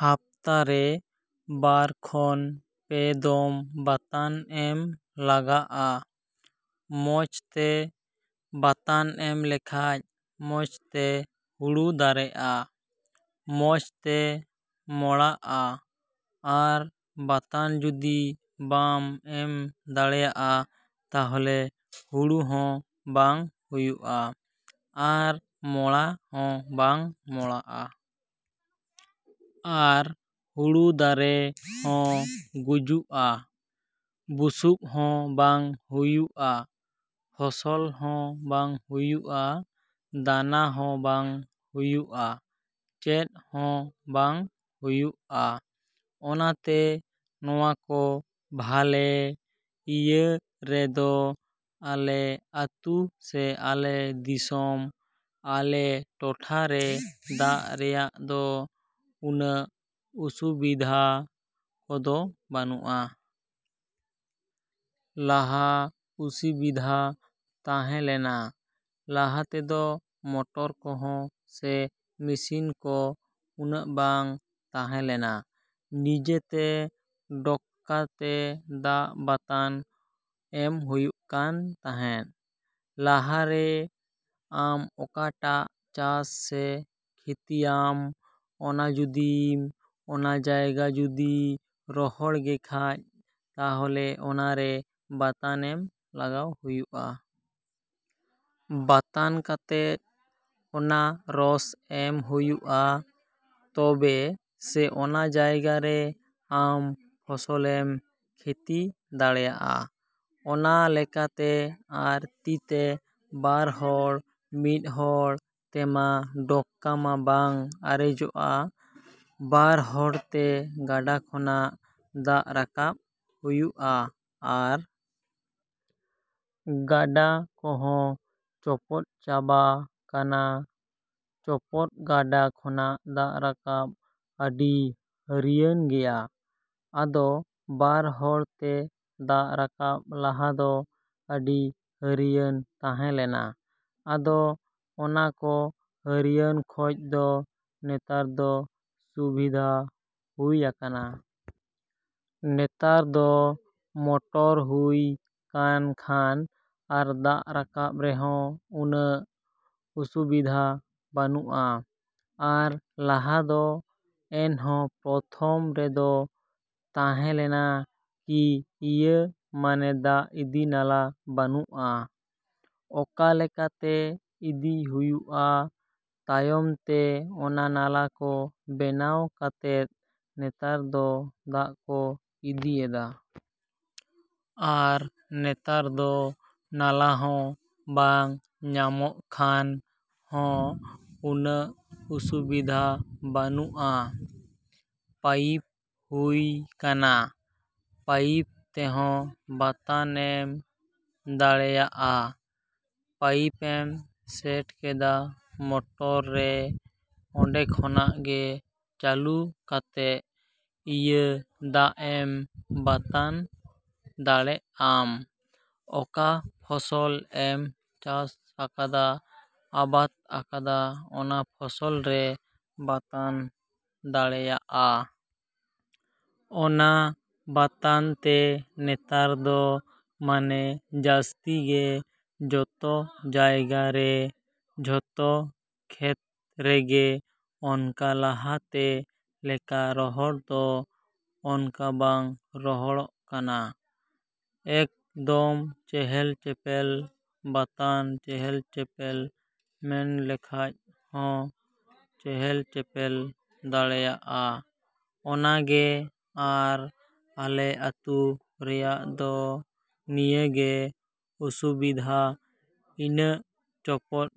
ᱦᱟᱯᱛᱟᱨᱮ, ᱵᱟᱨ ᱠᱷᱚᱱ ᱯᱮ ᱫᱚᱢ ᱵᱟᱛᱟᱱ ᱮᱢ ᱞᱟᱜᱟᱜᱼᱟ᱾ ᱢᱚᱡᱽ ᱛᱮ ᱵᱟᱛᱟᱱ ᱮᱢ ᱞᱮᱠᱷᱟᱡ ᱢᱚᱡᱽ ᱛᱮ ᱦᱩᱲᱩ ᱫᱟᱨᱮᱜᱼᱟ, ᱢᱚᱡᱽ ᱛᱮ ᱢᱚᱲᱟᱜᱼᱟ᱾ ᱟᱨ ᱵᱟᱛᱟᱱ ᱡᱩᱫᱤ ᱵᱟᱢ ᱮᱢ ᱫᱟᱲᱮᱭᱟᱜᱼᱟ ᱛᱟᱦᱚᱞᱮ ᱦᱩᱲᱩ ᱦᱚᱸ ᱵᱟᱝ ᱦᱩᱭᱩᱜᱼᱟ ᱟᱨ ᱢᱚᱲᱟ ᱦᱚᱸ ᱵᱟᱝ ᱢᱚᱲᱟᱜᱼᱟ᱾ ᱟᱨ ᱦᱩᱲᱩ ᱫᱟᱨᱮ ᱦᱚᱸ ᱜᱩᱡᱩᱜᱼᱟ, ᱵᱩᱥᱩᱵ ᱦᱚᱸ ᱵᱟᱝ ᱦᱩᱭᱩᱜᱼᱟ, ᱯᱷᱚᱥᱚᱞ ᱦᱚᱸ ᱵᱟᱝ ᱦᱩᱭᱩᱜᱼᱟ, ᱫᱟᱱᱟ ᱦᱚᱸ ᱵᱟᱝ ᱦᱩᱭᱩᱜᱼᱟ, ᱪᱮᱫ ᱦᱚᱸ ᱵᱟᱝ ᱦᱩᱭᱩᱜᱼᱟ᱾ ᱚᱱᱟᱛᱮ ᱱᱚᱣᱟ ᱠᱚ ᱵᱷᱟᱞᱮ, ᱤᱭᱟᱹ ᱨᱮᱫᱚ, ᱟᱞᱮ ᱟᱹᱛᱩ ᱥᱮ ᱟᱞᱮ ᱫᱤᱥᱚᱢ, ᱟᱞᱮ ᱴᱚᱴᱷᱟ ᱨᱮ ᱫᱟᱜ ᱨᱮᱭᱟᱜ ᱫᱚ ᱩᱱᱟᱹᱜ ᱚᱥᱩᱵᱤᱫᱷᱟ ᱠᱚᱫᱚ ᱵᱟᱹᱱᱩᱜᱼᱟ᱾ ᱞᱟᱦᱟ ᱚᱥᱤᱵᱤᱫᱷᱟ ᱛᱟᱦᱮᱸ ᱞᱮᱱᱟ, ᱞᱟᱦᱟ ᱛᱮᱫᱚ ᱢᱚᱴᱚᱨ ᱠᱚᱦᱚᱸ ᱥᱮ ᱢᱮᱥᱤᱱ ᱠᱚ ᱩᱱᱟᱹᱜ ᱵᱟᱝ ᱛᱟᱦᱮᱸ ᱞᱮᱱᱟ᱾ ᱱᱤᱡᱮ ᱛᱮ ᱰᱚᱠᱠᱟ ᱛᱮ ᱫᱟᱜ ᱵᱟᱛᱟᱱ ᱮᱢ ᱦᱩᱭᱩᱜ ᱠᱟᱱ ᱛᱟᱦᱮᱸᱱ᱾ ᱞᱟᱦᱟᱨᱮ ᱟᱢ ᱚᱠᱟᱴᱟᱜ ᱪᱟᱥ ᱥᱮ ᱠᱷᱮᱛᱤᱭᱟᱢ, ᱚᱱᱟ ᱡᱩᱫᱤᱢ, ᱚᱱᱟ ᱡᱟᱭᱜᱟ ᱡᱩᱫᱤ ᱨᱚᱦᱚᱲ ᱜᱮᱠᱷᱟᱡ ᱛᱟᱦᱚᱞᱮ ᱚᱱᱟᱨᱮ ᱵᱟᱛᱟᱱ ᱮᱢ ᱞᱟᱜᱟᱣ ᱦᱩᱭᱩᱜᱼᱟ᱾ ᱵᱟᱛᱟᱱ ᱠᱟᱛᱮᱫ ᱚᱱᱟ ᱨᱚᱥ ᱮᱢ ᱦᱩᱭᱩᱜᱼᱟ ᱛᱚᱵᱮ ᱥᱮ ᱚᱱᱟ ᱡᱟᱭᱜᱟ ᱨᱮ ᱟᱢ ᱯᱷᱚᱥᱚᱞᱮᱢ ᱠᱷᱮᱛᱤ ᱫᱟᱲᱮᱭᱟᱜᱼᱟ᱾ ᱚᱱᱟ ᱞᱮᱠᱟᱛᱮ ᱟᱨ ᱛᱤᱛᱮ ᱵᱟᱨ ᱦᱚᱲ, ᱢᱤᱫ ᱦᱚᱲ ᱛᱮᱢᱟ ᱰᱚᱠᱠᱟ ᱢᱟ ᱵᱟᱝ ᱟᱨᱮᱡᱚᱜᱼᱟ᱾ ᱵᱟᱨ ᱦᱚᱲ ᱛᱮ ᱜᱟᱰᱟ ᱠᱷᱚᱱᱟᱜ, ᱫᱟᱜ ᱨᱟᱠᱟᱵ ᱦᱩᱭᱩᱜ ᱟ ᱾ᱟᱨ ᱜᱟᱰᱟ ᱠᱚᱦᱚ ᱪᱚᱯᱚᱫ ᱪᱟᱵᱟ ᱠᱟᱱᱟ᱾ ᱪᱚᱯᱚᱫ ᱜᱟᱰᱟ ᱠᱷᱚᱱᱟᱜ ᱫᱟᱜ ᱨᱟᱠᱟᱵ ᱟᱹᱰᱤ ᱦᱟᱹᱨᱭᱟᱹᱱ ᱜᱮᱭᱟ᱾ ᱟᱫᱚ ᱵᱟᱨ ᱦᱚᱲ ᱛᱮ ᱫᱟᱜ ᱨᱟᱠᱟᱵ ᱞᱟᱦᱟ ᱫᱚ ᱟᱹᱰᱤ ᱦᱟᱹᱨᱭᱟᱹᱱ ᱛᱟᱦᱮᱸ ᱞᱮᱱᱟ᱾ ᱟᱫᱚ ᱚᱱᱟ ᱠᱚ ᱦᱟᱹᱨᱭᱟᱹᱱ ᱠᱷᱚᱡ ᱫᱚ ᱱᱮᱛᱟᱨ ᱫᱚ ᱥᱩᱵᱤᱫᱷᱟ ᱦᱩᱭ ᱟᱠᱟᱱᱟ᱾ ᱱᱮᱛᱟᱨ ᱫᱚ ᱢᱚᱴᱚᱨ ᱦᱩᱭ ᱠᱟᱱ ᱠᱷᱟᱱ ᱟᱨ ᱫᱟᱜ ᱨᱟᱠᱟᱵ ᱨᱮᱦᱚᱸ ᱩᱱᱟᱹᱜ ᱚᱥᱩᱵᱤᱫᱷᱟ ᱵᱟᱹᱱᱩᱜᱼᱟ᱾ ᱟᱨ ᱞᱟᱦᱟ ᱫᱚ ᱮᱱᱦᱚᱸ ᱯᱨᱚᱛᱷᱚᱢ ᱨᱮᱫᱚ ᱛᱟᱦᱮᱸ ᱞᱮᱱᱟ ᱠᱤ ᱤᱭᱟᱹ ᱢᱟᱱᱮ ᱫᱟᱜ ᱤᱫᱤ ᱱᱟᱞᱟ ᱵᱟᱹᱱᱩᱜᱼᱟ, ᱚᱠᱟ ᱞᱮᱠᱟᱛᱮ ᱤᱫᱤ ᱦᱩᱭᱩᱜᱼᱟ᱾ ᱛᱟᱭᱚᱢ ᱛᱮ ᱚᱱᱟ ᱱᱟᱞᱟ ᱠᱚ ᱵᱮᱱᱟᱣ ᱠᱟᱛᱮᱫ ᱱᱮᱛᱟᱨ ᱫᱚ ᱫᱟᱜ ᱠᱚ ᱤᱫᱤᱭᱮᱫᱟ᱾ ᱟᱨ ᱱᱮᱛᱟᱨ ᱫᱚ ᱱᱟᱞᱟ ᱦᱚᱸ ᱵᱟᱝ ᱧᱟᱢᱚᱜ ᱠᱷᱟᱱ ᱦᱚᱸ ᱩᱱᱟᱹᱜ ᱚᱥᱩᱵᱤᱫᱷᱟ ᱵᱟᱹᱱᱩᱜᱼᱟ, ᱯᱟᱭᱤᱯ ᱦᱩᱭ ᱠᱟᱱᱟ᱾ ᱯᱟᱭᱤᱯ ᱛᱮᱦᱚᱸ ᱵᱟᱛᱟᱱ ᱮᱢ ᱫᱟᱲᱮᱟᱜᱼᱟ᱾ ᱯᱟᱭᱤᱯ ᱮᱢ ᱥᱮᱴ ᱠᱮᱫᱟ ᱢᱚᱴᱚᱨ ᱨᱮ, ᱚᱸᱰᱮ ᱠᱷᱚᱱᱟᱜ ᱜᱮ ᱪᱟᱹᱞᱩ ᱠᱟᱛᱮᱜ ᱤᱭᱟᱹ ᱫᱟᱜ ᱮᱢ ᱵᱟᱛᱟᱱ ᱫᱟᱲᱮᱜᱼᱟᱢ ᱚᱠᱟ ᱯᱷᱚᱥᱚᱞ ᱮᱢ ᱪᱟᱥ ᱟᱠᱟᱫᱟ, ᱟᱵᱟᱫ ᱟᱠᱟᱫᱟ ᱚᱱᱟ ᱯᱷᱚᱥᱚᱞ ᱨᱮ ᱵᱟᱛᱟᱱ ᱫᱟᱲᱮᱭᱟᱜᱼᱟ᱾ ᱚᱱᱟ ᱵᱟᱛᱟᱱ ᱛᱮ ᱱᱮᱛᱟᱨ ᱫᱚ ᱢᱟᱱᱮ ᱡᱟᱹᱥᱛᱤ ᱜᱮ ᱡᱚᱛᱚ ᱡᱟᱭᱜᱟ ᱨᱮ, ᱡᱚᱛᱚ ᱠᱷᱮᱛ ᱨᱮᱜᱮ ᱚᱱᱠᱟ ᱞᱟᱦᱟᱛᱮ ᱞᱮᱠᱟ ᱨᱚᱦᱚᱲ ᱫᱚ ᱚᱱᱠᱟ ᱵᱟᱝ ᱨᱚᱦᱚᱲᱚᱜ ᱠᱟᱱᱟ᱾ ᱮᱠᱫᱚᱢ ᱪᱮᱦᱮᱞᱼᱪᱮᱯᱮᱞ, ᱵᱟᱛᱟᱱ ᱪᱮᱦᱮᱞᱼᱪᱮᱯᱮᱞ ᱢᱮᱱ ᱞᱮᱠᱷᱟᱡ ᱦᱚᱸ ᱪᱮᱦᱮᱞᱼᱪᱮᱯᱮᱞ ᱫᱟᱲᱮᱭᱟᱜᱼᱟ᱾ ᱚᱱᱟ ᱜᱮ, ᱟᱨ ᱟᱞᱮ ᱟᱹᱛᱩ ᱨᱮᱭᱟᱜ ᱫᱚ ᱱᱤᱭᱟᱹ ᱜᱮ ᱚᱥᱩᱵᱤᱫᱷᱟ ᱤᱱᱟᱹᱜ ᱪᱚᱯᱚᱫ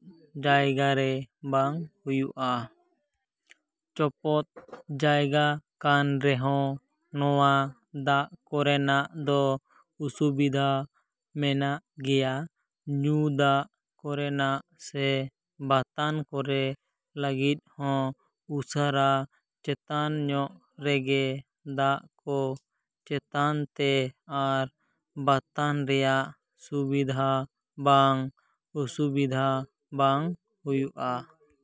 ᱡᱟᱭᱜᱟ ᱨᱮ ᱵᱟᱝ ᱦᱩᱭᱩᱜᱼᱟ᱾ ᱪᱚᱯᱚᱫ ᱡᱟᱭᱜᱟ ᱠᱟᱱ ᱨᱮᱦᱚᱸ ᱱᱚᱣᱟ ᱫᱟᱜ ᱠᱚᱨᱮᱱᱟᱜ ᱫᱚ ᱚᱥᱩᱵᱤᱫᱷᱟ ᱢᱮᱱᱟᱜ ᱜᱮᱭᱟ ᱧᱩ ᱫᱟᱜ ᱠᱚᱨᱮᱱᱟᱜ ᱥᱮ ᱵᱟᱛᱟᱱ ᱠᱚᱨᱮ ᱞᱟᱹᱜᱤᱫ ᱦᱚᱸ ᱩᱥᱟᱹᱨᱟ ᱪᱮᱛᱟᱱ ᱧᱚᱜ ᱨᱮᱜᱮ ᱫᱟᱜ ᱠᱚ ᱪᱮᱛᱟᱱ ᱛᱮ ᱟᱨ ᱵᱟᱛᱟᱱ ᱨᱮᱭᱟᱜ ᱥᱩᱵᱤᱫᱷᱟ, ᱵᱟᱝ ᱚᱥᱩᱵᱤᱫᱷᱟ ᱵᱟᱝ ᱦᱩᱭᱩᱜᱼᱟ᱾